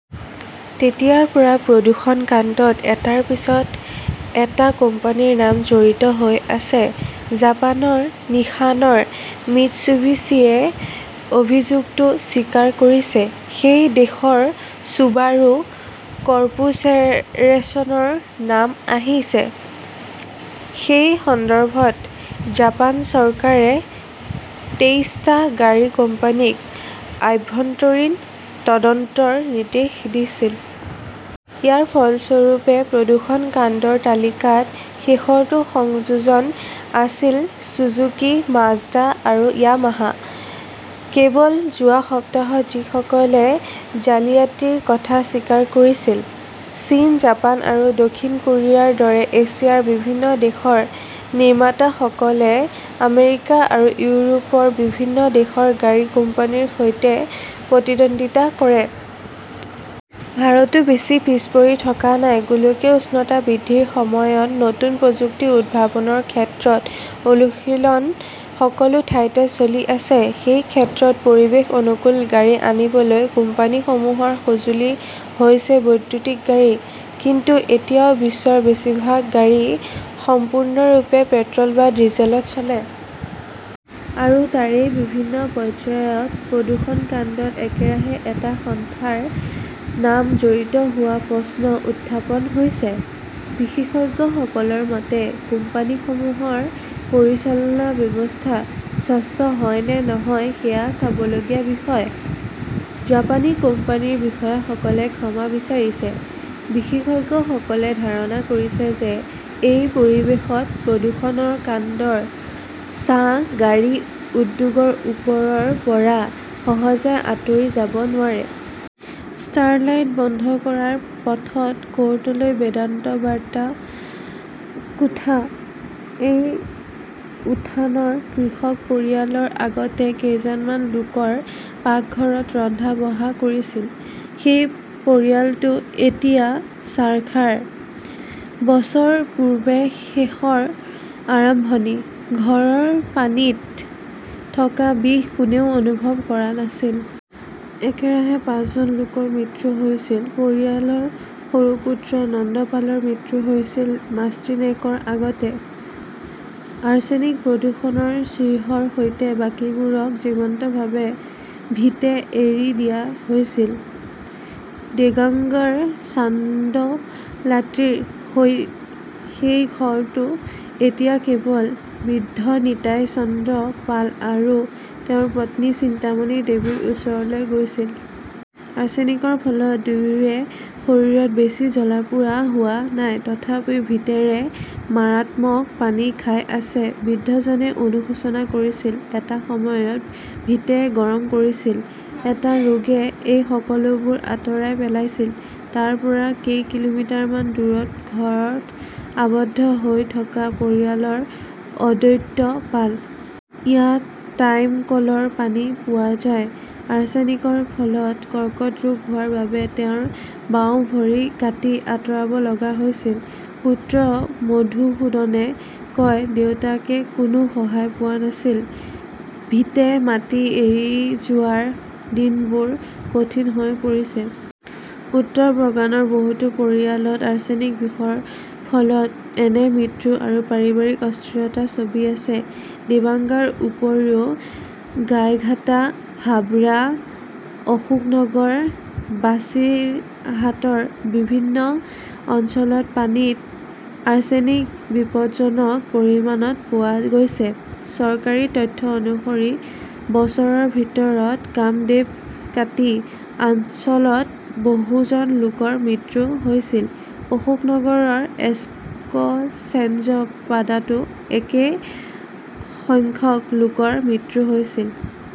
তেতিয়াৰ পৰা প্ৰদূষণ কাণ্ডত এটাৰ পিছত এটা কোম্পানীৰ নাম জড়িত হৈ আছে। জাপানৰ নিসানৰ মিত্সুবিছিয়ে অভিযোগটো স্বীকাৰ কৰিছে। সেই দেশৰ চুবাৰু কৰ্পোৰেচনৰ নাম আহিছে। সেই সন্দৰ্ভত জাপান চৰকাৰে তেইশটা গাড়ী কোম্পানীক আভ্যন্তৰীণ তদন্তৰ নিৰ্দেশ দিছিল। ইয়াৰ ফলস্বৰূপে প্ৰদূষণ কাণ্ডৰ তালিকাত শেষৰটো সংযোজন আছিল চুজুকি, মাজদা আৰু ইয়ামাহা। কেৱল যোৱা সপ্তাহত যিসকলে জালিয়াতিৰ কথা স্বীকাৰ কৰিছিল। চীন, জাপান আৰু দক্ষিণ কোৰিয়াৰ দৰে এছিয়াৰ বিভিন্ন দেশৰ নিৰ্মাতাসকলে আমেৰিকা আৰু ইউৰোপৰ বিভিন্ন দেশৰ গাড়ী কোম্পানীৰ সৈতে প্ৰতিদ্বন্দিতা কৰে। ভাৰতো বেছি পিছ পৰি থকা নাই। গোলকীয় উষ্ণতা বৃদ্ধিৰ সময়ত নতুন প্ৰযুক্তি উদ্ভাৱনৰ ক্ষেত্ৰত অনুশীলন সকলো ঠাইতে চলি আছে। সেই ক্ষেত্ৰত পৰিৱেশ অনুকূল গাড়ী আনিবলৈ কোম্পানীসমূহৰ সঁজুলি হৈছে বৈদ্যুতিক গাড়ী। কিন্তু এতিয়াও বিশ্বৰ বেছিভাগ গাড়ী সম্পূৰ্ণৰূপে পেট্ৰল বা ডিজেলত চলে। আৰু তাতেই বিভিন্ন পৰ্যায়ত প্ৰদূষণ কাণ্ডত একেৰাহে এটা সংস্থাৰ নাম জড়িত হোৱাৰ প্ৰশ্ন উত্থাপন হৈছে। বিশেষজ্ঞসকলৰ মতে, কোম্পানীসমূহৰ পৰিচালনা ব্যৱস্থা স্বচ্ছ হয় নে নহয় সেয়া চাবলগীয়া বিষয়। জাপানী কোম্পানীৰ বিষয়াসকলে ক্ষমা বিচাৰিছে। বিশেষজ্ঞসকলে ধাৰণা কৰিছে যে, এই পৰিৱেশত প্ৰদূষণ কাণ্ডৰ ছাঁ গাড়ী উদ্যোগৰ ওপৰৰ পৰা সহজে আঁতৰি যাব নোৱাৰে। ষ্টাৰলাইট বন্ধ কৰাৰ পথত ক'ৰ্টলৈ বেদান্ত বাৰটা কোঠা, এই উঠানৰ কৃষক পৰিয়ালৰ আগতে কেইজনমান লোকৰ পাকঘৰত ৰন্ধা-বঢ়া কৰিছিল। সেই পৰিয়ালটো এতিয়া চাৰখাৰ। বছৰ পূৰ্বে শেষৰ আৰম্ভণি। ঘৰৰ পানীত থকা বিষ কোনেও অনুভৱ কৰা নাছিল। একেৰাহে পাঁচজন লোকৰ মৃত্যু হৈছিল। পৰিয়ালৰ সৰু পুত্ৰ নন্দ পালৰ মৃত্যু হৈছিল মাষ্টিনেকৰ আগতে। আৰ্ছেনিক-প্ৰদূষণৰ চিহ্নৰ সৈতে বাকীবোৰক জীৱন্তভাৱে ভিটে এৰি দিয়া হৈছিল। দেগাঙ্গাৰ চান্দলাটিৰ সেই ঘৰটো এতিয়া কেৱল বৃদ্ধ নিতাই চন্দ্ৰ পাল আৰু তেওঁৰ পত্নী চিন্তামণি দেৱীৰ ওচৰলৈ গৈছিল। আৰ্ছেনিকৰ ফলত দুয়োৰে শৰীৰত বেছি জ্বলা-পোৰা হোৱা নাই। তথাপিও ভিটেৰে "মাৰাত্মক পানী" খাই আছে। বৃদ্ধজনে অনুশোচনা কৰিছিল, "এটা সময়ত ভিটে গৰম কৰিছিল। এটা ৰোগে এই সকলোবোৰ আঁতৰাই পেলাইছিল"। তাৰ পৰা কেই কিলোমিটাৰমান দূৰত ঘৰত আবদ্ধ হৈ থকা পৰিয়ালৰ অদ্বৈত পাল। ইয়াত টাইম কলৰ পানী পোৱা যায়। আৰ্ছেনিকৰ ফলত কৰ্কট ৰোগ হোৱাৰ বাবে তেওঁৰ বাওঁ ভৰি কাটি আঁতৰাব লগা হৈছিল। পুত্ৰ মধুসূদনে কয়, "দেউতাকে কোনো সহায় পোৱা নাছিল। ভিটে-মাটি এৰি যোৱাৰ দিনবোৰ কঠিন হৈ পৰিছে"। উত্তৰ পৰগনাৰ বহুতো পৰিয়ালত আৰ্ছেনিক বিষৰ ফলত এনে মৃত্যু আৰু পাৰিবাৰিক অস্থিৰতাৰ ছবি আছে। দেগঙ্গাৰ উপৰিও গাইঘাটা, হাবৰা, অশোকনগৰ, বাছিৰহাটৰ বিভিন্ন অঞ্চলৰ পানীত আৰ্ছেনিক বিপদজ্জনক পৰিমাণত পোৱা গৈছে। চৰকাৰী তথ্য অনুসৰি বছৰৰ ভিতৰত কামদেবকাটি অঞ্চলত বহুজন লোকৰ মৃত্যু হৈছিল। অশোকনগৰৰ এক্সচেঞ্জপাডাতো একে সংখ্যক লোকৰ মৃত্যু হৈছিল।